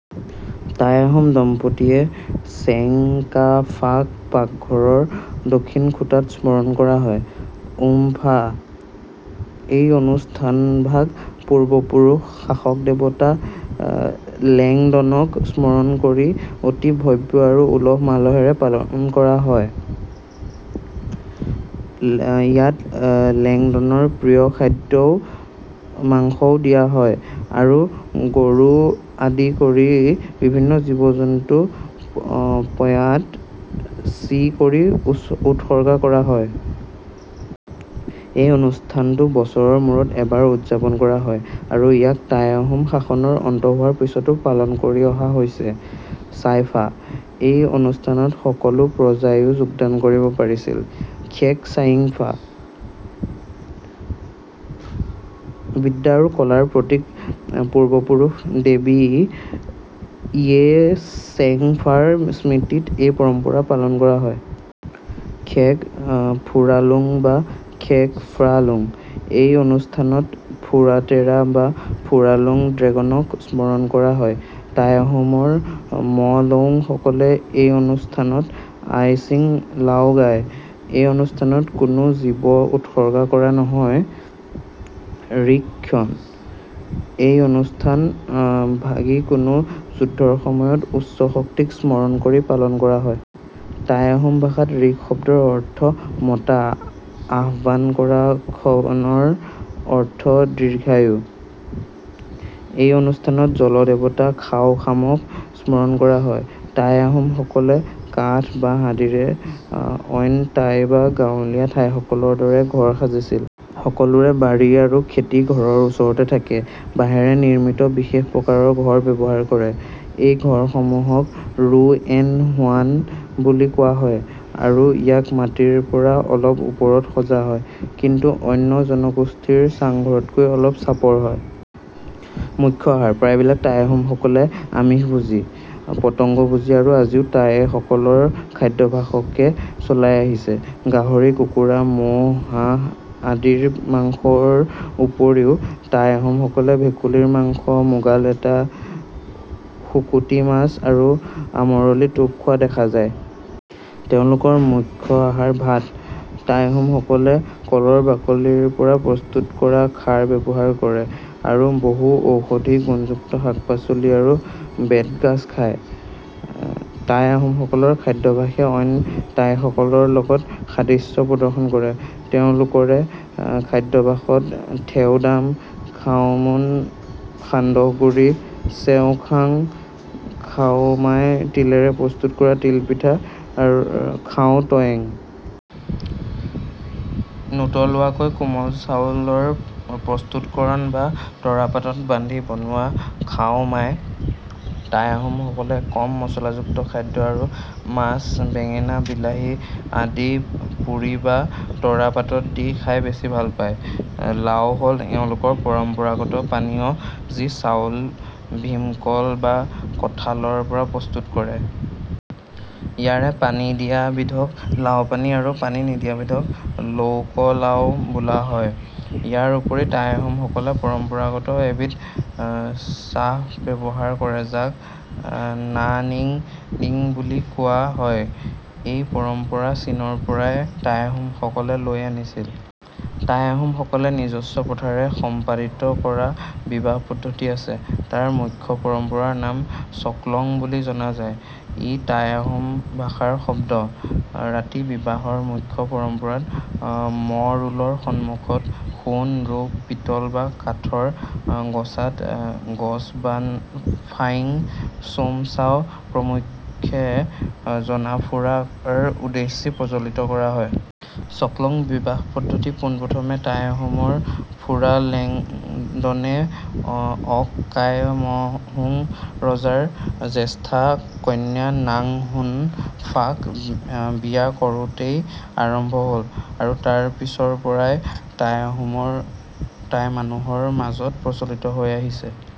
টাই-আহোম দম্পতীয়ে চেং-কা-ফাক পাকঘৰৰ দক্ষিণ খুটাত স্মৰণ কৰা হয়। উম-ফা: এই অনুষ্ঠান ভাগ পূৰ্বপুৰুষ শাসক দেৱতা লেং-দনক স্মৰণ কৰি অতি ভব্য আৰু উলহ মালহেৰে পালন কৰা হয়। ইয়াত লেংদনৰ প্ৰিয় খাদ্য মাংসও দিয়া হয় আৰু গৰু আদি কৰি বিভিন্ন জীৱ জন্তু প্য়াত-চি কৰি উৎসৰ্গা কৰা হয়। এই অনুষ্ঠানটো বছৰৰ মূৰত এবাৰ উদযাপন কৰা হয় আৰু ইয়াক টাই-আহোম শাসনৰ অন্ত হোৱাৰ পিছতো পালন কৰি অহা হৈছে। চাই-ফা: এই অনুষ্ঠানত সকলো প্ৰজাইয়ো যোগদান কৰিছিল। খ্যেক চাইং-ফা: বিদ্যা আৰু কলাৰ প্ৰতীক পূৰ্বপুৰুষ দেৱী য়ে-চেং-ফাৰ স্মৃতিত এই পৰম্পৰা পালন কৰা হয়। খ্যেক ফুৰালুং বা খ্যেক ফ্ৰা-লুং: এই অনুষ্ঠানত ফুৰা-তেৰা বা ফুৰা-লুং ড্ৰেগনক স্মৰণ কৰা হয়। টাই-আহোমৰ ম'-লৌং সকলে এই অনুষ্ঠানত আই-চিং-লাও গায়। এই অনুষ্ঠানত কোনো জীৱ উৎসৰ্গা কৰা নহয়। ৰিক খ্বন: এই অনুষ্ঠান ভাগি কোনো যুদ্ধৰ সময়ত উচ্চ শক্তিক স্মৰণ কৰি পালন কৰা হয়। টাই-আহোম ভাষাত ৰিক শব্দৰ অৰ্থ মতা / আহ্ৱান কৰা খ্ৱনৰ অৰ্থ দীৰ্ঘায়ু। এই অনুষ্ঠানত জল দেৱতা খাও-খামক স্মৰণ কৰা হয়। টাই-আহোমসকলে কাঠ, বাঁহ আদিৰে অইন টাই বা গাঁৱলীয়া থাইসকলৰ দৰে ঘৰ সাজিছিল। সকলোৰে বাৰী আৰু খেতি ঘৰৰ ওচৰতে থাকে। বাঁহেৰে নিৰ্মিত বিশেষ প্ৰকাৰৰ ঘৰ ব্যৱহাৰ কৰে। এই ঘৰসমূহক ৰু'এন-হোৱাণ বুলি কোৱা হয় আৰু ইয়াক মাটিৰ পৰা অলপ ওপৰত সজা হয় কিন্তু অন্য জনগোষ্ঠীৰ চাং-ঘৰতকৈ অলপ চাপৰ হয়। মুখ্য আহাৰ: প্ৰায়বিলাক টাই-আহোম সকলে আমিষভোজী, পতংগভোজী আৰু আজিও টাইসকলৰ খাদ্যাভ্যাসকে চলাই আছে। গাহৰি, কুকুৰা, মহ, হাঁহ আদিৰ মাংস ৰ উপৰিও টাই-আহোমসকলে ভেকুলী ৰ মাংস, মুগালেটা, শুকুতী মাছ আৰু আমৰলি টোপ খোৱা দেখা যায়। তেওঁলোকৰ মুখ্য আহাৰ ভাত। টাই-আহোমসকলে কলৰ বাকলিৰ পৰা প্ৰস্তুত কৰা খাৰ ব্যৱহাৰ কৰে আৰু বহু ঔষধি গুণযুক্ত শাক-পাচলি আৰু বেত-গাঁজ খায়। টাই-আহোমসকলৰ খাদ্যাভাসে অইন টাইসকলৰ লগত সাদৃশ্য প্ৰদৰ্শন কৰে। তেওঁলোকৰে খাদ্যাভাষত- থেও-দাম, খাও-মুন, সান্দহ গুৰী, চেও-খাও, খাও-মাই, তিলেৰে প্ৰস্তুত কৰা তিল পিঠা, খাও-ত্য়েংক । নুতলোৱাকৈ কোমল চাউল ৰ প্ৰস্তুতকৰণ বা তৰা পাতত বান্ধি বনোৱা খাও-মাই। টাই-আহোমসকলে কম মছলাযুক্ত খাদ্য আৰু মাছ, বেঙেনা, বিলাহী আদি পুৰি বা তৰা পাতত দি খাই বেছি ভাল পায়। লাও হ'ল এওঁলোকৰ পৰম্পৰাগত পানীয় যি চাউল ভীমকল বা কঠাল ৰ পৰা প্ৰস্তুত কৰে। ইয়াৰে পানী দিয়া বিধক নাম-লাও আৰু পানী নিদিয়া বিধক লৌক-লাও বোলা হয়। ইয়াৰ উপৰি টাই-আহোমসকলে পৰম্পৰাগত এবিধ চাহ ব্যৱহাৰ কৰে যাক না নিঙ লিঙ বুলি কোৱা হয়। এই পৰম্পৰা চীনৰ পৰাই টাই-আহোমসকলে লৈ আনিছিল। টাই-আহোম সকলে নিজস্ব প্ৰথাৰে সম্পাদিত কৰা বিবাহ পদ্ধতি আছে। তাৰ মুখ্য পৰম্পৰাৰ নাম " চ-ক্লং " বুলি জনা যায়। ই টাই-আহোম ভাষাৰ শব্দ। ৰাতি বিবাহ ৰ মুখ্য পৰম্পৰাত ম'-ৰুলৰ সন্মুখত সোণ, ৰূপ, পিতল বা কাঠ ৰ গছাত গছ বান-ফাইং চোমচাও প্ৰমুখ্যে জনা ফুৰা ৰ উদ্দেশ্যি প্ৰজ্জ্বলিত কৰা হয়। " চ-ক্লং " বিবাহ পদ্ধতি পোন প্ৰথমে টাই-আহোমৰ ফুৰা লেংডনে অক-কাই ম'-হুং ৰজাৰ জ্যেষ্ঠা কন্যা নাং হুন ফা ক বিয়া কৰোঁতেই আৰম্ভ হ'ল আৰু তাৰ পিছৰ পৰাই টাই মানুহৰ মাজত প্ৰচলিত হৈ আহিছে।